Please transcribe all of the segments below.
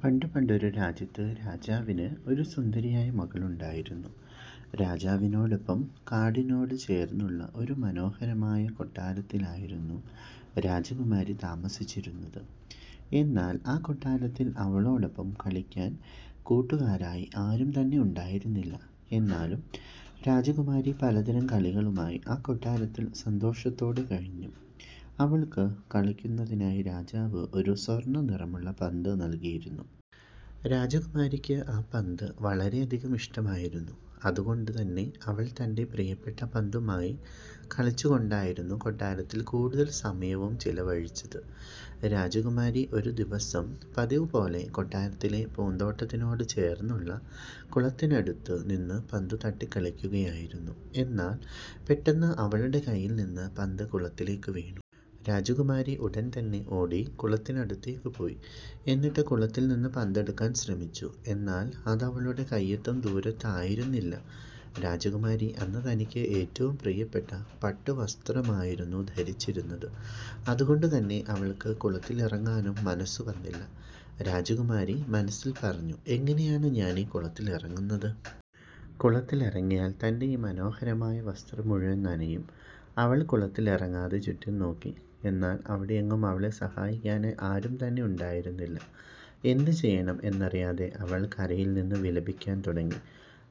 പണ്ടു പണ്ടൊരു രാജ്യത്ത് രാജാവിന് ഒരു സുന്ദരിയായ മകളുണ്ടായിരുന്നു. രാജാവിനോടൊപ്പം കാടിനോട് ചേർന്നുള്ള ഒരു മനോഹരമായ കൊട്ടാരത്തിലായിരുന്നു രാജകുമാരി താമസിച്ചിരുന്നത്. എന്നാൽ ആ കൊട്ടാരത്തിൽ അവളോടൊപ്പം കളിക്കാൻ കൂട്ടുകാരായി ആരും തന്നെ ഉണ്ടായിരുന്നില്ല. എന്നാലും രാജകുമാരി പലതരം കളികളുമായി ആ കൊട്ടാരത്തിൽ സന്തോഷത്തോടെ കഴിഞ്ഞു. അവൾക്ക് കളിക്കുന്നതിനായി രാജാവ് ഒരു സ്വർണ നിറമുള്ള പന്ത് നൽകിയിരുന്നു. രാജകുമാരിക്ക് ആ പന്ത് വളരെയധികം ഇഷ്ടമായിരുന്നു. അതുകൊണ്ട് തന്നെ അവൾ തന്റെ പ്രിയപ്പെട്ട പന്തുമായി കളിച്ചു കൊണ്ടായിരുന്നു കൊട്ടാരത്തിൽ കൂടുതൽ സമയവും ചിലവഴിച്ചത്. രാജകുമാരി ഒരു ദിവസം പതിവു പോലെ കൊട്ടാരത്തിലെ പൂന്തോട്ടത്തിനോട് ചേർന്നുള്ള കുളത്തിനടുത്തു നിന്ന് പന്ത് തട്ടി കളിക്കുകയായിരുന്നു. എന്നാൽ പെട്ടെന്ന് അവളുടെ കൈയിൽ നിന്നും പന്ത് കുളത്തിലേക്ക് വീണു. രാജകുമാരി ഉടൻ തന്നെ ഓടി കുളത്തിനടുത്തേക്ക് പോയി. എന്നിട്ട് കുളത്തിൽ നിന്നും പന്തെടുക്കാൻ ശ്രമിച്ചു. എന്നാൽ അതവളുടെ കൈയെത്തും ദൂരത്തായിരുന്നില്ല. രാജകുമാരി അന്ന് തനിക്ക് ഏറ്റവും പ്രിയപ്പെട്ട പട്ടു വസ്ത്രമായിരുന്നു ധരിച്ചിരുന്നത്. അതുകൊണ്ടു തന്നെ അവൾക്ക് കുളത്തിലിറങ്ങാനും മനസ്സു വന്നില്ല. രാജകുമാരി മനസ്സിൽ പറഞ്ഞു "എങ്ങനെയാണ് ഞാനീ കുളത്തിൽ ഇറങ്ങുന്നത്. കുളത്തിലിറങ്ങിയാൽ തന്റെ ഈ മനോഹരമായ വസ്ത്രം മുഴുവൻ നനയും. " അവൾ കുളത്തിൽ ഇറങ്ങാതെ ചുറ്റും നോക്കി. എന്നാൽ അവിടെയെങ്ങും അവളെ സഹായിക്കാനായി ആരും തന്നെ ഉണ്ടായിരുന്നില്ല. എന്ത് ചെയ്യണം എന്നറിയാതെ അവൾ കരയിൽ നിന്നു വിലപിക്കാൻ തുടങ്ങി.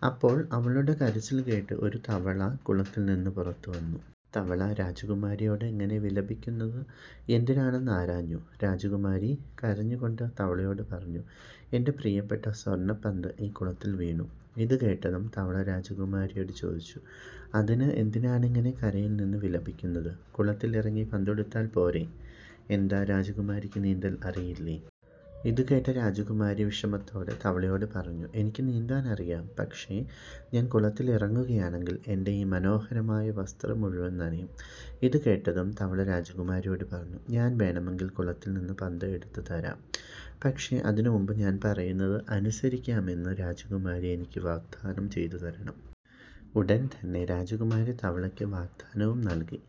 അപ്പോൾ അവളുടെ കരച്ചിൽ കേട്ടു ഒരു തവള കുളത്തിൽ നിന്നും പുറത്തുവന്നു. തവള രാജകുമാരിയോട് ഇങ്ങനെ വിലപിക്കുന്നത് എന്തിനാണെന്ന് ആരാഞ്ഞു. രാജകുമാരി കരഞ്ഞു കൊണ്ട് തവളയോട് പറഞ്ഞു. "എന്റെ പ്രിയപ്പെട്ട സ്വർണപന്ത് ഈ കുളത്തിൽ വീണു. " ഇതു കേട്ടതും തവള രാജകുമാരിയോട് ചോദിച്ചു. "അതിന് എന്തിനാണിങ്ങനെ കരയിൽ നിന്ന് വിലപിക്കുന്നത്? കുളത്തിൽ ഇറങ്ങി പന്തെടുത്താൽ പോരെ? എന്താ രാജകുമാരിക്ക് നീന്തൽ അറിയില്ലേ? " ഇതുകേട്ട രാജകുമാരി വിഷമത്തോടെ തവളയോട് പറഞ്ഞു. "എനിക്ക് നീന്താൻ അറിയാം. പക്ഷേ ഞാൻ കുളത്തിൽ ഇറങ്ങുകയാണെങ്കിൽ എന്റെ ഈ മനോഹരമായ വസ്ത്രം മുഴുവൻ നനയും. " ഇതു കേട്ടതും തവള രാജകുമാരിയോട് പറഞ്ഞു. "ഞാൻ വേണമെങ്കിൽ കുളത്തിൽ നിന്ന് പന്ത് എടുത്തു തരാം. പക്ഷേ അതിനു മുൻപ് ഞാൻ പറയുന്നത് അനുസരിക്കാമെന്ന് രാജകുമാരി എനിക്ക് വാഗ്ദാനം ചെയ്തു തരണം. " ഉടൻതന്നെ രാജകുമാരി തവളയ്ക്ക് വാഗ്ദാനവും നൽകി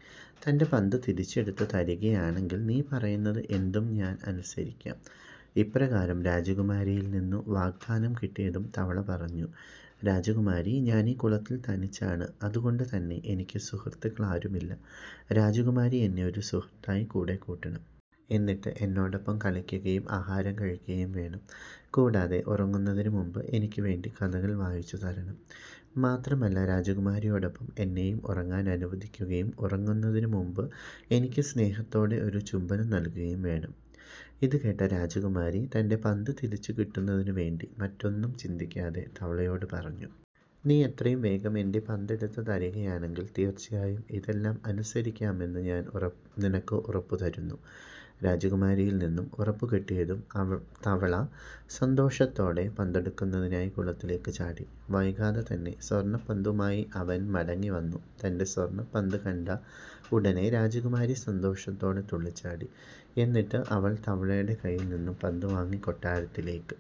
"എന്റെ പന്ത് തിരിച്ചെടുത്ത് തരികയാണെങ്കിൽ നീ പറയുന്നത് എന്തും ഞാൻ അനുസരിക്കാം. " ഇപ്രകാരം രാജകുമാരിയിൽ നിന്നു വാഗ്ദാനം കിട്ടിയതും തവള പറഞ്ഞു "രാജകുമാരി, ഞാനീ കുളത്തിൽ തനിച്ചാണ്. അതുകൊണ്ടു തന്നെ എനിക്ക് സുഹൃത്തുക്കളാരുമില്ല. രാജകുമാരി എന്നെ ഒരു സുഹൃത്തായി കൂടെ കൂട്ടണം. എന്നിട്ട് എന്നോടൊപ്പം കളിക്കുകയും ആഹാരം കഴിക്കുകയും വേണം. കൂടാതെ ഉറങ്ങുന്നതിന് മുൻപ് എനിക്ക് വേണ്ടി കഥകൾ വായിച്ചു തരണം. മാത്രമല്ല രാജകുമാരിയോടൊപ്പം എന്നെയും ഉറങ്ങാൻ അനുവദിക്കുകയും ഉറങ്ങുന്നതിനു മുൻപ് എനിക്ക് സ്നേഹത്തോടെ ഒരു ചുംബനം നൽകുകയും വേണം. " ഇതു കേട്ട രാജകുമാരി തന്റെ പന്ത് തിരിച്ചു കിട്ടുന്നതിനു വേണ്ടി മറ്റൊന്നും ചിന്തിക്കാതെ തവളയോട് പറഞ്ഞു. "നീ എത്രയും വേഗം എന്റെ പന്തെടുത്ത് തരികയാണെങ്കിൽ തീർച്ചയായും ഇതെല്ലാം അനുസരിക്കാമെന്ന് ഞാൻ നിനക്ക് ഉറപ്പു തരുന്നു. " രാജകുമാരിയിൽ നിന്നും ഉറപ്പ് കിട്ടിയതും തവള സന്തോഷത്തോടെ പന്തെടുക്കുന്നതിനായി കുളത്തിലേക്ക് ചാടി. വൈകാതെ തന്നെ സ്വർണപന്തുമായി അവൻ മടങ്ങി വന്നു. തന്റെ സ്വർണപന്ത് കണ്ട ഉടനെ രാജകുമാരി സന്തോഷത്തോടെ തുള്ളിച്ചാടി. എന്നിട്ട് അവൾ തവളയുടെ കയ്യിൽനിന്നും പന്തും വാങ്ങി കൊട്ടാരത്തിലേക്ക്